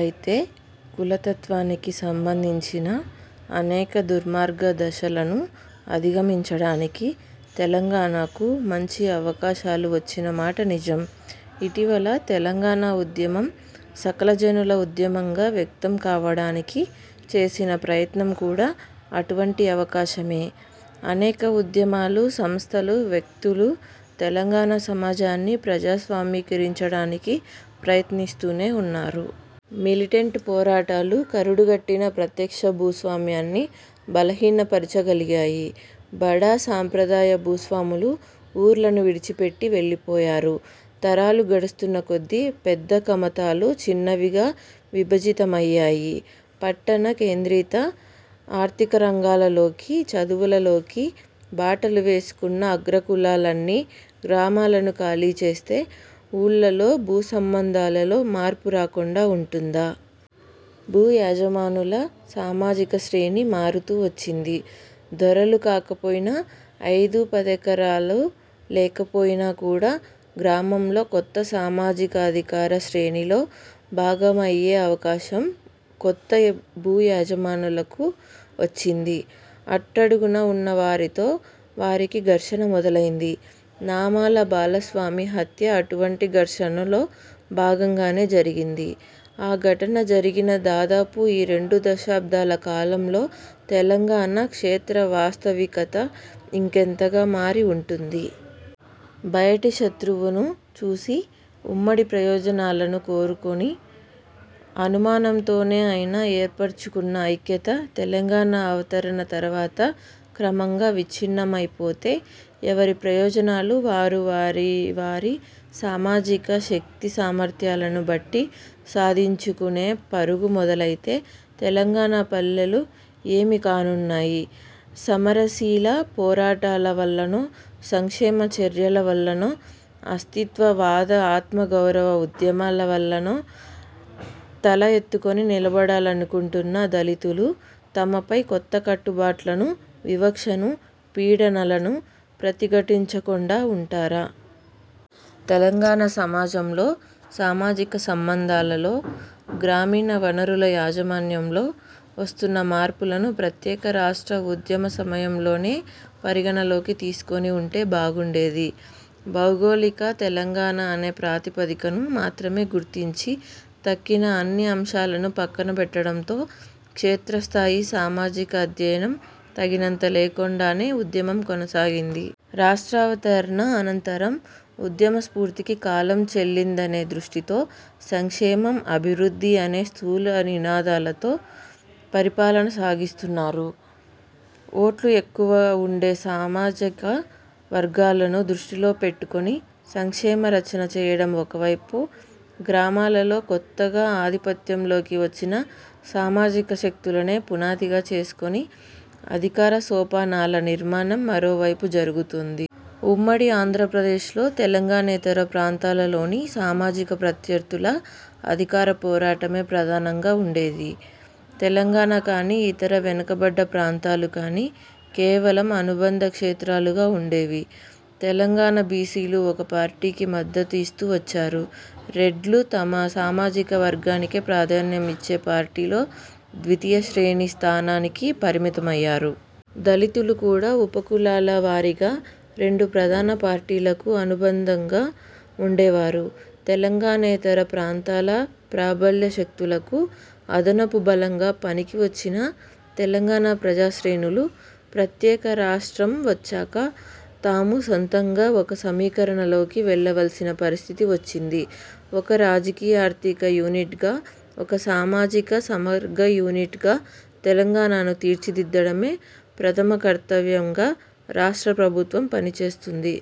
అయితే, కులతత్వానికి సంబంధించిన అనేక దుర్మార్గ దశలను అధిగమించడానికి తెలంగాణకు మంచి అవకాశాలు వచ్చిన మాట నిజం. ఇటీవలి తెలంగాణ ఉద్యమం సకలజనుల ఉద్యమంగా వ్యక్తం కావడానికి చేసిన ప్రయత్నం కూడా అటువంటి అవకాశమే. అనేక ఉద్యమాలు, సంస్థలు, వ్యక్తులు తెలంగాణ సమాజాన్ని ప్రజాస్వామ్యీకరించడానికి ప్రయత్నిస్తూనే ఉన్నారు. మిలిటెంట్ పోరాటాలు కరుడుగట్టిన ప్రత్యక్ష భూస్వామ్యాన్ని బలహీనపరచగలిగాయి. బడా సాంప్రదాయ భూస్వాములు ఊర్లను విడిచిపెట్టి వెళ్లిపోయారు. తరాలు గడుస్తున్న కొద్దీ పెద్దకమతాలు చిన్నవిగా విభజితమయ్యాయి. పట్టణ కేంద్రిత ఆర్థికరంగాలలోకి, చదువులలోకి బాటలు వేసుకున్న అగ్రకులాలన్నీ గ్రామాలను ఖాళీ చేస్తే, ఊళ్లల్లో భూసంబంధాలలో మార్పు రాకుండా ఉంటుందా? భూయజమానుల సామాజిక శ్రేణి మారుతూ వచ్చింది. దొరలు కాకపోయినా, ఐదుపదెకరాలు లేకపోయినా కూడా గ్రామంలో కొత్త సామాజికాధికార శ్రేణిలో భాగమయ్యే అవకాశం కొత్త భూయజమానులకు వచ్చింది. అట్టడుగున ఉన్నవారితో వారికి ఘర్షణ మొదలైంది. నామాల బాలస్వామి హత్య అటువంటి ఘర్షణలో భాగంగానే జరిగింది. ఆ ఘటన జరిగిన దాదాపు ఈ రెండు దశాబ్దాల కాలంలో తెలంగాణ క్షేత్రవాస్తవికత ఇంకెంతగా మారి ఉంటుంది? బయటి శత్రువును చూసి, ఉమ్మడి ప్రయోజనాలను కోరుకుని అనుమానంతోనే అయినా- ఏర్పరచుకున్న ఐక్యత తెలంగాణ అవతరణ తరువాత క్రమంగా విచ్ఛిన్నమైపోతే, ఎవరి ప్రయోజనాలు వారు వారి వారి సామాజిక శక్తి సామర్థ్యాలను బట్టి సాధించుకునే పరుగు మొదలైతే, తెలంగాణ పల్లెలు ఏమి కానున్నాయి? సమరశీల పోరాటాల వల్లనో, సంక్షేమ చర్యల వల్లనో, అస్తిత్వ వాద ఆత్మగౌరవ ఉద్యమాల వల్లనో తల ఎత్తుకుని నిలబడాలనుకుంటున్న దళితులు తమపై కొత్త కట్టుబాట్లను, వివక్షను, పీడనలను ప్రతిఘటించకుండా ఉంటారా? తెలంగాణ సమాజంలో సామాజిక సంబంధాలలో, గ్రామీణ వనరుల యాజమాన్యంలో వస్తున్న మార్పులను ప్రత్యేక రాష్ట్ర ఉద్యమసమయంలోనే పరిగణనలోకి తీసుకుని ఉంటే బాగుండేది. భౌగోళిక తెలంగాణ అనే ప్రాతిపదికను మాత్రమే గుర్తించి, తక్కిన అన్ని అంశాలను పక్కనబెట్టడంతో, క్షేత్రస్థాయి సామాజిక అధ్యయనం తగినంత లేకుండానే ఉద్యమం కొనసాగింది. రాష్ట్రావతరణ అనంతరం ఉద్యమస్ఫూర్తికి కాలం చెల్లిందనే దృష్టితో, సంక్షేమం- అభివృద్ధి అనే స్థూలనినాదాలతో పరిపాలన సాగిస్తున్నారు. ఓట్లు ఎక్కువ ఉండే సామా జిక వర్గాలను దృష్టిలో పెట్టుకుని సంక్షేమ రచన చేయడం ఒక వైపు, గ్రామా లలో కొత్తగా ఆధిపత్యంలోకి వచ్చిన సామాజిక శక్తులనే పునాదిగా చేసుకుని అధికారసోపానాల నిర్మాణం మరోవైపు జరుగుతోంది. ఉమ్మడి ఆంధ్రప్రదేశ్లో తెలంగాణేతర ప్రాంతాలలోని సామాజిక ప్రత్యర్థుల అధికారపోరాటమే ప్రధానంగా ఉండేది. తెలంగాణ కానీ, ఇతర 'వెనుకబడ్డ' ప్రాంతాలు కానీ కేవలం అనుబంధ క్షేత్రాలుగా ఉండేవి. తెలంగాణ బిసిలు ఒక పార్టీకి మద్దతు ఇస్తూ వచ్చారు. రెడ్లు తమ సామాజిక వర్గానికే ప్రాధాన్యం ఇచ్చే పార్టీలో ద్వితీయశ్రేణి స్థానానికి పరిమితమయ్యారు. దళితులు కూడా ఉపకులాల వారీగా రెండు ప్రధాన పార్టీలకు అనుబంధంగా ఉండేవారు. తెలంగాణేతర ప్రాంతాల ప్రాబల్యశక్తులకు అదనపు బలంగా పనికివచ్చిన తెలంగాణ ప్రజాశ్రేణులు, ప్రత్యేక రాష్ట్రం వచ్చాక తాము సొంతంగా ఒక సమీకరణలోకి వెళ్లవలసిన పరిస్థితి వచ్చింది. ఒక రాజకీయార్థిక యూనిట్గా, ఒక సామాజిక సమగ్ర యూనిట్గా తెలంగాణను తీర్చిదిద్దడమే ప్రథమకర్తవ్యంగా రాష్ట్ర ప్రభుత్వం పనిచేస్తున్నది.